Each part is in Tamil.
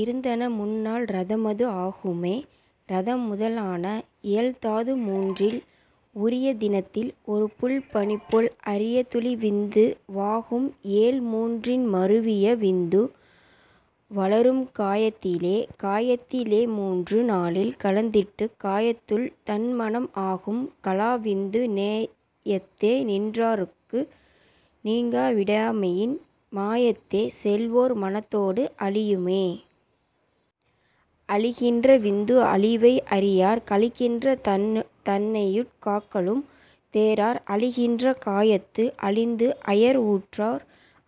இருந்தன முன்னாள் இரதமது ஆகுமே. இரதம் முதலான ஏழ்தாது மூன்றில் உரிய தினத்தில் ஒருபுல் பனிபோல் அரிய துளிவிந்து வாகும்ஏழ் மூன்றின் மருவிய விந்து வளரும்கா யத்திலே. காயத்தி லேமூன்று நாளில் கலந்திட்டுக் காயத்துள் தன்மனம் ஆகும் கலாவிந்து நேயத்தே நின்றார்க்கு நீங்கா விடாமையின் மாயத்தே செல்வோர் மனத்தோடு அழியுமே. அழிகின்ற விந்து அளவை அறியார் கழிகின்ற தன்னையுட் காக்கலும் தேரார் அழிகின்ற காயத்து அழிந்துஅயர் உற்றோர்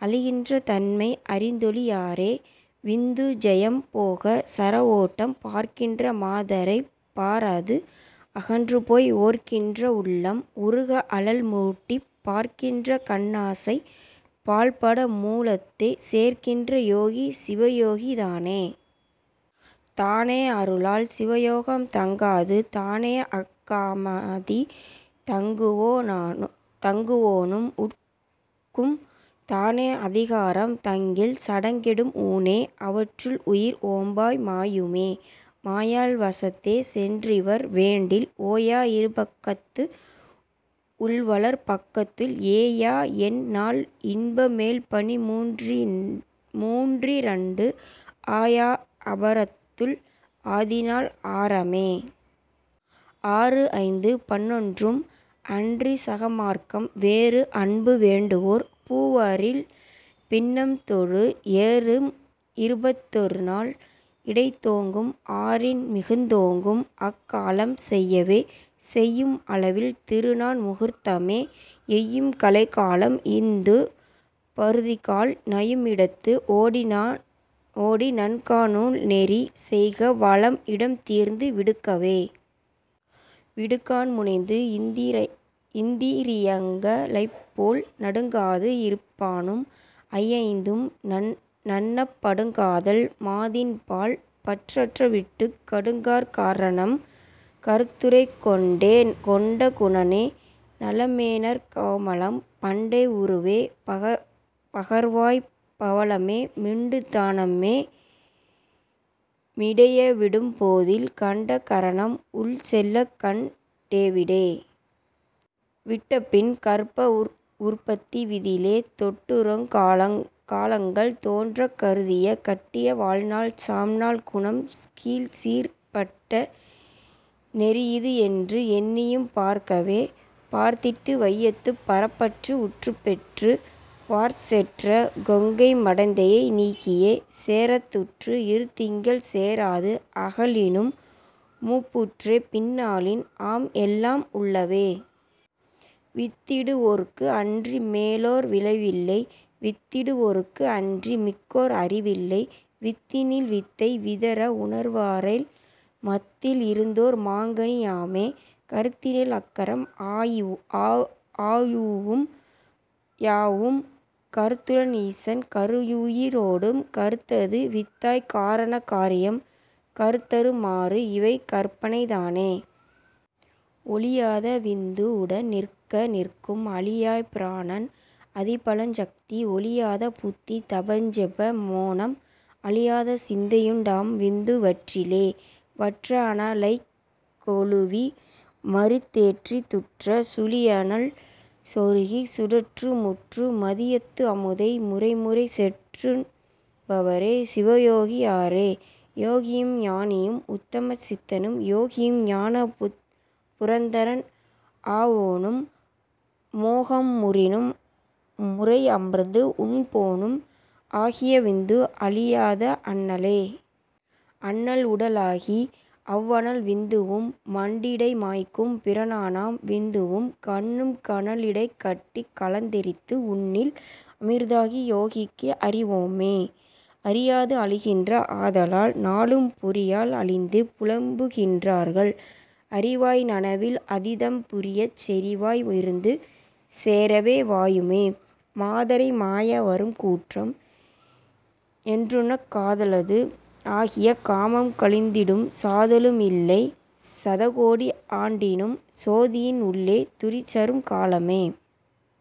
அழிகின்ற தன்மை அறிந்தொழி யாரே.. விந்து ஜயம் போக சரவோட்டம் பார்க்கின்ற மாதரைப் பாராது அகன்றுபோய் ஓர்க்கின்ற உள்ளம் உருக அழல்மூட்டிப் பார்க்கின்ற கண்ணாசை பாழ்பட மூலத்தே சேர்க்கின்ற யோகி சிவயோகி தானே. தானே அருளால் சிவயோகம் தங்காது தானேஅக் காமாதி தங்குவோ னும் உட்கும் தானே அதிகாரம் தங்கில் சடங்கெடும் ஊனே அவற்றுள் உயிர்ஒம்பா மாயுமே. மாயாள் வசத்தே சென்றிவர் வேண்டில் ஓயா இருபக்கத்து உள்வளர் பக்கத்துள் ஏயாஎண் நாள்இன்ப மேல்பனி மூன்றிரண்டு ஆயா அபரத்துள் ஆதிநாள் ஆறாமே. ஆறுஐந்து பன்னொன்றும் அன்றிச் சகமார்க்கம் வேறுஅன்பு வேண்டுவோர் பூவரில் பின்னம்தோடு ஏறும் இருபத் தொருநாள் இடைத்தோங்கும் ஆறின் மிகுந்தோங்கும் அக்காலம் செய்யவே. செய்யும் அளவில் திருநான் முகூர்த்தமே எய்யும் கலைகாலம் இந்து பருதிகால் நையுமிடத்து ஓடி நன்கா நூல்நெறி செய்க வலம் இடம் தீர்ந்து விடுக்கவே. விடுங்காண் முனைந்துஇந் திரியங்க ளைப் போல் நடுங்காது இருப்பானும் ஐஐந்தும் நண்ணப் படுங்காதல் மாதின்பால் பற்றற விட்டுக் கடுங்காற் கரணம் கருத்துறக் கொண்டே. கொண்ட குணனே நலமேநற் கோமளம் பண்டை உருவே பகர்வாய் பவளமே மிண்டு தனமே மிடைய விடும் போதில் கண்ட கரணம் உட் செல்லக்கண் டேவிடே. விட்டபின் கர்ப்பஉற் பத்தி விதியிலே தொட்டுறுங் காலங்கள் தோன்றக் கருதிய கட்டிய வாழ்நாள் சாம்நாள் குணம் கீழ்சீர்ப் பட்ட நெறியிதுஎன்று எண்ணியும் பார்க்கவே. பார்த்திட்டு வையத்துப் பரப்பற்று உற்றுப்பெற்று வார்ச்செற்ற கொங்கை மடந்தையை நீக்கியே சேர்த்துற்று இருதிங்கள் சேராது அகலினும் மூப்புற்றே பின்னாளில் ஆம்எல்லாம் உள்ளவே. வித்திடு வோர்க்கு அன்றி மேலோர் விளைவில்லை வித்திடு வோர்க்கு அன்றி மிக்கோர் அறிவில்லை வித்தினில் வித்தை விதற உணர்வரேல் மத்தில் இருந்ததோர் மாங்கனி யாமே. கருத்தினில் அக்கரம் ஆயுவும் யாவும் கருத்துளன் ஈசன் கருஉயிரோடும் கருத்தது வித்தாய்க் காரண காரியம் கருத்தறு மாறுஇவை கற்பனை தானே. ஒழியாத விந்து வுடன்நிற்க நிற்கும் அழியாப் பிராணன் அதிபலஞ் சத்தி ஒழியாத புத்தி தபஞ்செப மோனம் அழியாத சிந்தியுண் டாம்விந்து வற்றிலே. வற்ற அனலைக் கொளுவி மறித்தேற்றித் துற்ற சுழியனல் சொருகிக் சுடருற்று முற்று மதியத்து அமுதை முறைமுறை செற்றுண் பவரே சிவயோகி யாரே. யோகியும் ஞானியும் உத்தம சித்தனும் யோகியும் ஞான புரந்தரன் ஆவோனும் மோகம் உறினும் முறைஅமிர்து உண்போனும் ஆகிய விந்து அழியாத அண்ணலே. அண்ணல் உடலாகி அவ்வனல் விந்துவும் மண்டிடை மாய்க்கும் பிராணனாம் விந்துவும் கண்ணும் கனலிடைக் கட்டிக் கலந்தெரித்து உண்ணில் அமிர்தாகி யோகிக்கு அறிவோமே. அறியாது அழிகின்ற ஆதலால் நாளும் பொறியால் அழிந்து புலம்புகின் றார்கள் அறிவாய் நனவில் அதீதம் புரியச் செறிவாய் இருந்து சேரவே வாயுமே. மாதரை மாய வரும் கூற்றம் என்றுன்னக் காதலது ஆகிய காமம் கழிந்திடும் சாதலும் இல்லை சதகோடி ஆண்டினும் சோதியின் உள்ளே துரிசறும் காலமே.